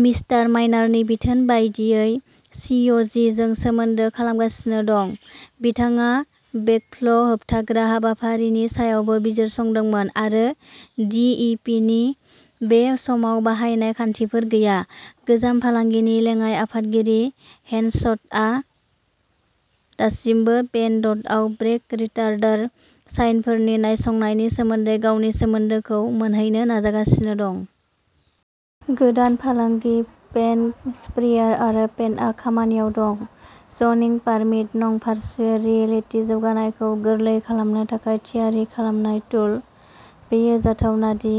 Mister माइनारनि बिथोन बायदियै सि. अ. जि. जों सोमोन्दो खालामगासिनो दं। बिथाङा बेकफ्ल' होबथाग्रा हाबाफारिनि सायावबो बिजिरसंदोंमोन आरो डि. इ. पि. नि बे समाव बाहायनाय खान्थिफोर गैया। गोजाम फालांगिनि लेङाइ आफादगिरि हेनस्टआ दासिमबो पेन डटआव ब्रेक रिटार्डार साइनफोरनि नायसंनायनि सोमोन्दै गावनि सोमोन्दोखौ मोनहैनो नाजागासिनो दं। गोदान फालांगि पेन्ट स्प्रेयार आरो पेन्टआ खामानियाव दं। ज'निं पारमिट नं भार्चुएल रियेलिटि जौगानायखौ गोरलै खालामनो थाखाय थियारि खालामनाय टुल। बेयो जाथावना दि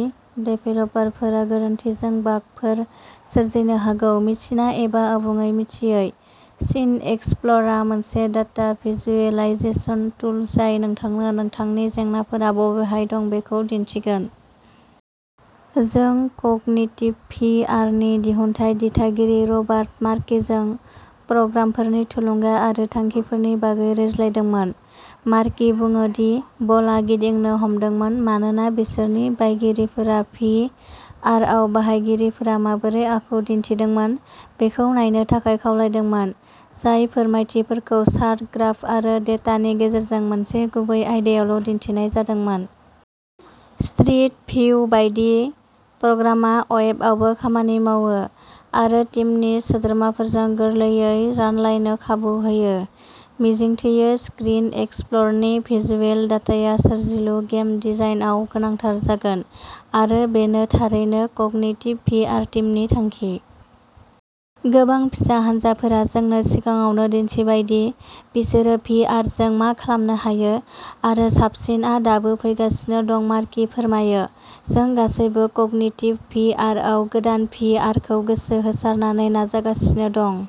देभेलपारफोरा गोरोन्थिजों बागफोर सोरजिनो हागौ मिथिना एबा आबुङै मिथियै। सिनएक्सप्लरा मोनसे डाटा भिजुएलाइजेसन टुल जाय नोंथांनो नोंथांनि जेंनाफोरा बबेहाय दं बेखौ दिन्थिगोन। जों कगनिटिभ भि आर नि दिहुनथाइ दिथागिरि रबार्ट मार्किजों प्रग्रामफोरनि थुलुंगा आरो थांखिफोरनि बागै रायज्लायदोंमोन। मार्कि बुङो दि बलआ गिदिंनो हमदोंमोन मानोना बिसोरनि बायगिरिफोरा भि आरआव बाहायगिरिफोरा माबोरै आखु दिन्थिदोंमोन बेखौ नायनो थाखाय खावलायदोंमोन, जाय फोरमायथिफोरखौ चार्ट, ग्राफ आरो डेटानि गेजेरजों मोनसे गुबै आयदायावल' दिन्थिनाय जादोंमोन। स्ट्रिट भिउ बायदि, प्रग्रामआ अवेब आवबो खामानि मावो आरो टिमनि सोद्रोमाफोरजों गोरलैयै रानलायनो खाबु होयो। मिजिंथियो, स्क्रिन एक्सप्लरनि भिजुएल डाटाया सोरजिलु गेम डिजाइनआव गोनांथार जागोन आरो बेनो थारैनो कगनिटिभ भि आर टिमनि थांखि। गोबां फिसा हानजाफोरा जोंनो सिगाङावनो दिन्थिबाय दि बिसोरो भि आर जों मा खालामनो हायो? आरो साबसिनआ दाबो फैगासिनो दं मार्कि फोरमायो। जों गासैबो कगनिटिभ भि आरआव गोदान भि आरखौ गोसो होसारनानै नाजागासिनो दं।